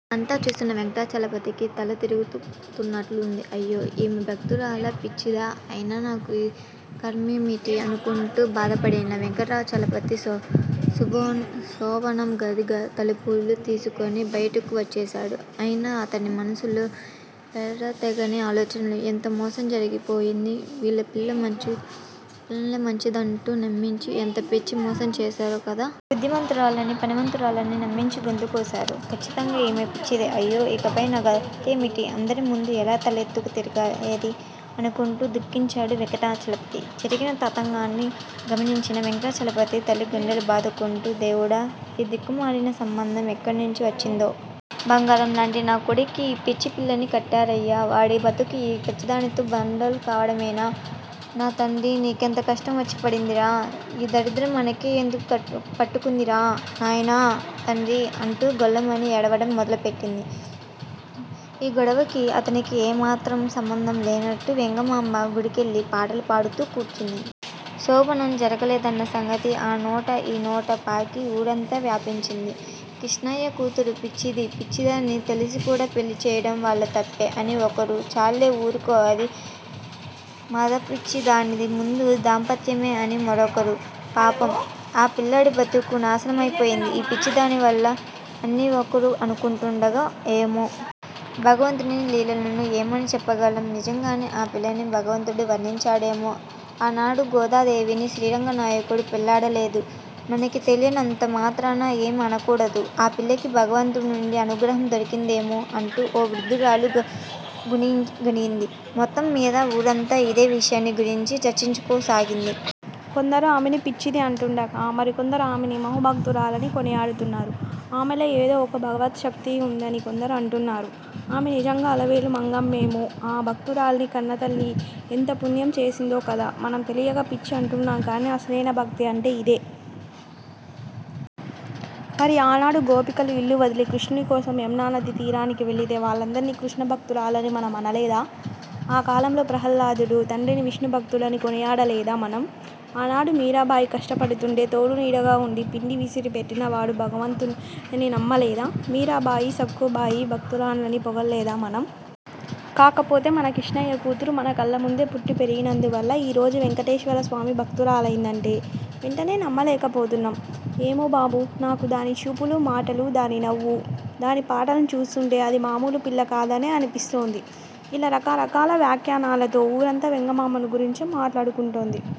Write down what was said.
అంతా చూస్తున్న వెంకటాచలపతికి తల తిరుగుతున్నట్లుంది. అయ్యో! ఈమె భక్తురాలా? పిచ్చిదా? అయినా నాకు ఈ ఖర్మేమిటి? అనుకుంటూ బాధపడిన వెంకటాచలపతి శోభనం గది తలుపులు తీసుకుని బయటకు వచ్చేశాడు. అయినా అతని మనసులో ఎడతెగని ఆలోచనలు ఎంత మోసం జరిగిపోయింది! వీళ్ళు పిల్ల మంచిదంటూ నమ్మించి, ఎంత పచ్చి మోసం చేశారో గదా! బుదిమంతురాలని, పని మంతురాలని నమ్మించి గొంతు కోశారు. ఖచ్చితంగా ఈమె పిచ్చిదే. అయ్యో! ఇకపై నా గతేమిటి అందరి ముందు ఎలా తలెత్తుకు తిరిగేది? అనుకుంటూ దుఃఖించాడు వెంకటాచలపతి. జరిగిన తతంగాన్ని గమనించిన వెంకటాచలపతి తల్లి గుండెలు బాదుకుంటూ, దేవుడా! ఈ దిక్కుమాలిన సంబంధం ఎక్కడ్నుంచి వచ్చిందో? బంగారం లాంటి నా కొడుక్కి ఈ పిచ్చి పిల్లని కట్టరయ్యే! వాడి బతుకు ఈ పిచ్చిదానితో బండలు కావలసిందేనా? నా తండ్రీ, నీకెంతటి కష్టం వచ్చి పడిందిరా? ఈ దరిద్రం మనకే ఎందుకు పట్టుకుందిరా. నాయనా! తండ్రీ!! అంటూ గొల్లుమని ఏడవడం మొదలెట్టింది. ఈ గొడవకీ, తనకీ ఎంత మాత్రం సంబంధం లేనట్లు వెంగమాంబ, గుడికెళ్ళి పాటలు పాడుతూ కూర్చుంది. శోభనం జరగలేదన్న సంగతి ఆ నోటా, ఈ నోటా పాకి, ఊరంతా వ్యాపించింది. కృష్ణయ్య కూతురు పిచ్చిది, పిచ్చిదని తెలిసి కూడా పెళ్ళి చేయడం వాళ్ళ తప్పే అని ఒకరు, చాల్లే ఊరుకో. అది మదపిచ్చి. డానికి మందు దాంపత్యమే అని మరొకరూ, పాపం, ఆ పిల్లాడి బతుకు నాశనమపోయింది, ఈ పిచ్చిదాని వల్ల అని ఒకరు అనుకొంటుండగా, ఏమో! భగవంతుని లీలలను ఏమని చెప్పగలం? నిజంగానే ఆ పిల్లని భగవంతుడు వరించాడేమో! ఆనాడు గోదాదేవిని శ్రీరంగనాయకుడు పెళ్ళాడలేదూ! మనకి తెలియనంత మాత్రాన ఏమీ అనకూడదు. ఆ పిల్లకి భగవానుడి అనుగ్రహం దొరికిందేమో! అంటూ ఓ వృద్దురాలు గొణిగింది. మొత్తంమీద ఊరంతా ఇదే విషయాన్ని గురించి చర్చించుకోసాగింది. కొందరు ఆమెను పిచ్చిది అంటుండగా, మరికొందరు ఆమెను మహాభక్తురాలని కొనియాడుతున్నారు. ఆమెలో ఏదో ఒక భగవచ్ఛక్తి ఉందని కొందరు అంటున్నారు. ఆమె నిజంగా అలమేలు మంగమ్మేమో! ఆ భక్తురాలీని కన్నతల్లి ఎంత పుణ్యం చేసిందో కదా! మనం తెలియక పిచ్చి అంటున్నాంకానీ, అసలైన భక్తి అంటే అదే! మరి ఆనాడు, గోపికలు ఇల్లు వదలి కృష్ణుని కోసం యమునా నదీతీరానికి వెళ్ళితే, వాళ్ళందరినీ కృష్ణ భక్తురాళ్ళని మనం అనలేదా? ఆ కాలంలో ప్రహ్లాదుడు తండ్రిని విష్ణుభక్తుడని కొనియాడలేదా మనం? ఆనాడు మీరాబాయి కష్టపడుతుంటే, తోడునీడగా ఉండి, పిండి విసిరి పెట్టినవాడు భగవంతుడని నమ్మలేదా? మీరాబాయి, సక్కుబాయి భక్తురాండ్రని పొగడలేదా మనం? కాకపొతే, మన కిష్ణయ్య కూతురు మన కళ్ళముందే పుట్టి పెరిగినందువల్ల, ఈ రోజు వెంకటేశ్వరస్వామి భక్తురాలైందంటే, వెంటెనే నమ్మలేకపోతున్నాం. ఏమో బాబూ! నాకు దాని చూపులు, మాటలు, దాని నవ్వు, దాని పాటలను చూస్తుంటే, అది మామూలు పిల్ల కాదనే అనిపిస్తోంది. ఇలా రకరకాల వ్యాఖ్యానాలతో ఊరంతా వెంగమాంబను గురించే మాట్లాడుకుంటోంది.